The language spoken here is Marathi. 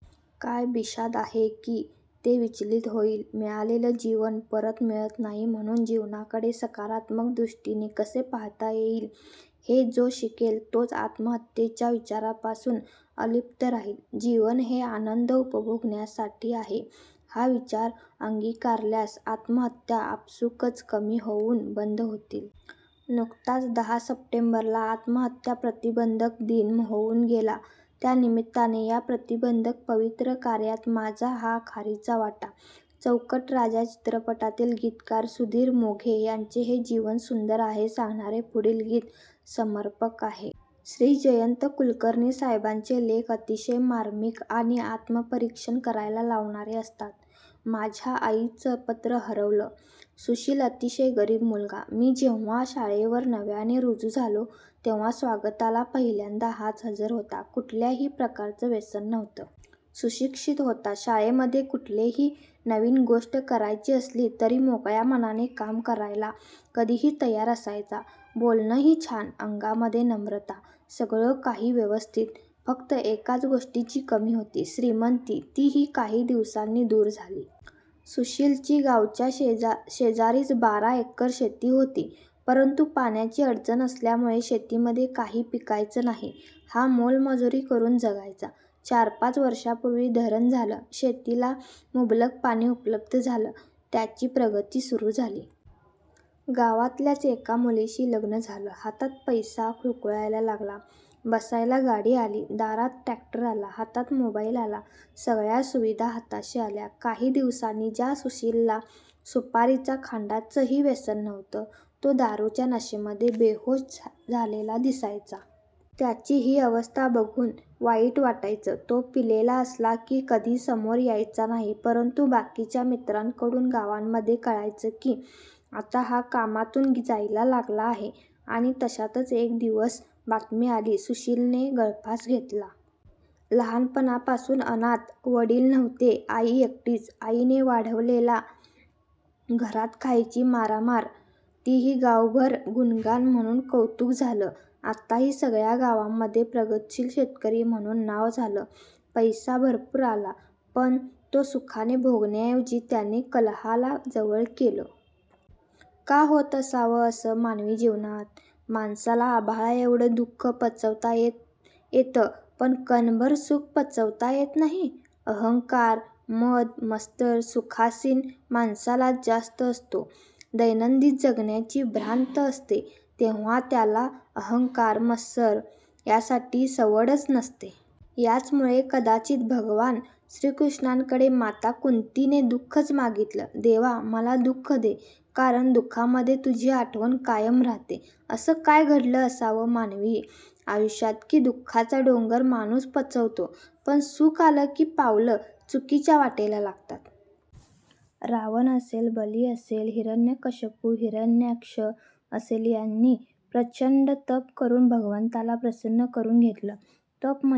काय बिशाद आहे की ते विचलित होईल! मिळालेलं जीवन परत मिळत नाही म्हणून जीवनाकडे सकारात्मक दृष्टीने कसे पाहता येईल हे जो शिकेल तोच आत्महत्येच्या विचारापासून अलिप्त राहील. जीवन हे आनंद उपभोगण्यासाठी आहे हा विचार अंगीकारल्यास आत्महत्या आपसूकच कमी होऊन बंद होतील! नुकताच दहा सप्टेंबरला आत्महत्या प्रतिबंधक दिन होऊन गेला. त्या निमित्ताने या प्रतिबंधक पवित्र कार्यात माझा हा खारीचा वाटा! चौकट राजा चित्रपटातील गीतकार सुधीर मोघे यांचे हे जीवन सुंदर आहे सांगणारे पुढील गीत समर्पक आहे. श्री. जयंत कुलकर्णी साहेबांचे लेख अतिशय र्मामीक आणि आत्मपरीक्षण करायला लावणारे असतात. माझ्या आईचं पत्र हरवलं! सुशील अतिशय गरीब मुलगा. मी जेव्हा शाळेवर नव्याने रुजू झालो तेव्हा स्वागताला पहिल्यांदा हाच हजर होता. कुठल्याही प्रकारचं व्यसन नव्हतं. सुशिक्षित होता. शाळेमध्ये कुठलीही नवीन गोष्ट करायची असली तरी मोकळ्या मनाने काम करायला कधीही तयार असायचा. बोलणंही छान. अंगामध्ये नम्रता. सगळं काही व्यवस्थित. फक्त एकाच गोष्टीची कमी होती. श्रीमंती. तीही काही दिवसांनी दूर झाली. सुशीलची गावाच्या शेजारीच बारा एकर शेती होती, परंतु पाण्याची अडचण असल्यामुळे शेतीमध्ये काही पिकायचं नाही. हा मोलमजुरी करून जगायचा. चार पाच वर्षांपूर्वी धरण झालं. शेतीला मुबलक पाणी उपलब्ध झालं. त्याची प्रगती सुरू झाली. गावातल्याच एका मुलीशी लग्न झालं. हातात पैसा खुळखुळायला लागला. बसायला गाडी आली. दारात ट्रॅक्टर आला. हातात मोबाईल आला. सगळ्या सुविधा हाताशी आल्या. काही दिवसांनी ज्या सुशीलला सुपारीच्या खांडाचंही व्यसन नव्हतं, तो दारूच्या नशेमध्ये बेहोष झालेला दिसायचा. त्याची ही अवस्था बघून वाईट वाटायचं. तो पिलेला असला की कधी समोर यायचा नाही, परंतु बाकीच्या मित्रांकडून गावांमध्ये कळायचं की आता हा कामातून जायला लागला आहे आणि तशातच एक दिवस बातमी आली, सुशिलने गळफास घेतला! लहानपणापासून अनाथ. वडील नव्हते. आई एकटीच. आईने वाढवलेला. घरात खायची मारामार, तरीही गावभर गुणवान म्हणून कौतुक झालं. आताही सगळ्या गावामध्ये प्रगतीशील शेतकरी म्हणून नाव झालं. पैसा भरपूर आला, पण तो सुखाने भोगण्याऐवजी त्याने कलहाला जवळ केलं. का होत असावं असं मानवी जीवनात? माणसाला आभाळाएवढं दुःख पचवता येतं पण कणभर सुख पचवता येत नाही. अहंकार, मद, मत्सर, सुखासीन माणसालाच जास्त असतो. दैनंदिन जगण्याची भ्रांत असते तेव्हा त्याला अहंकार, मत्सर यासाठी सवडच नसते. त्याचमुळे कदाचित भगवान श्रीकृष्णाकडे माता कुंतीने दुःखंच मागितलं, देवा मला दुःख दे, कारण दुःखामध्ये तुझी आठवण कायम राहते. असं काय घडतं असं मानवी आयुष्यात, की दुःखाचा डोंगर माणूस पचवतो, पण सुख आलं की पावलं चुकीच्या वाटेला लागतात. रावण असेल, बली असेल, हिरण्यकश्यपू, हिरण्याक्ष असेल ज्यांनी प्रचंड तप करून भगवंताला प्रसन्न करून घेतलं. तप म्हणजे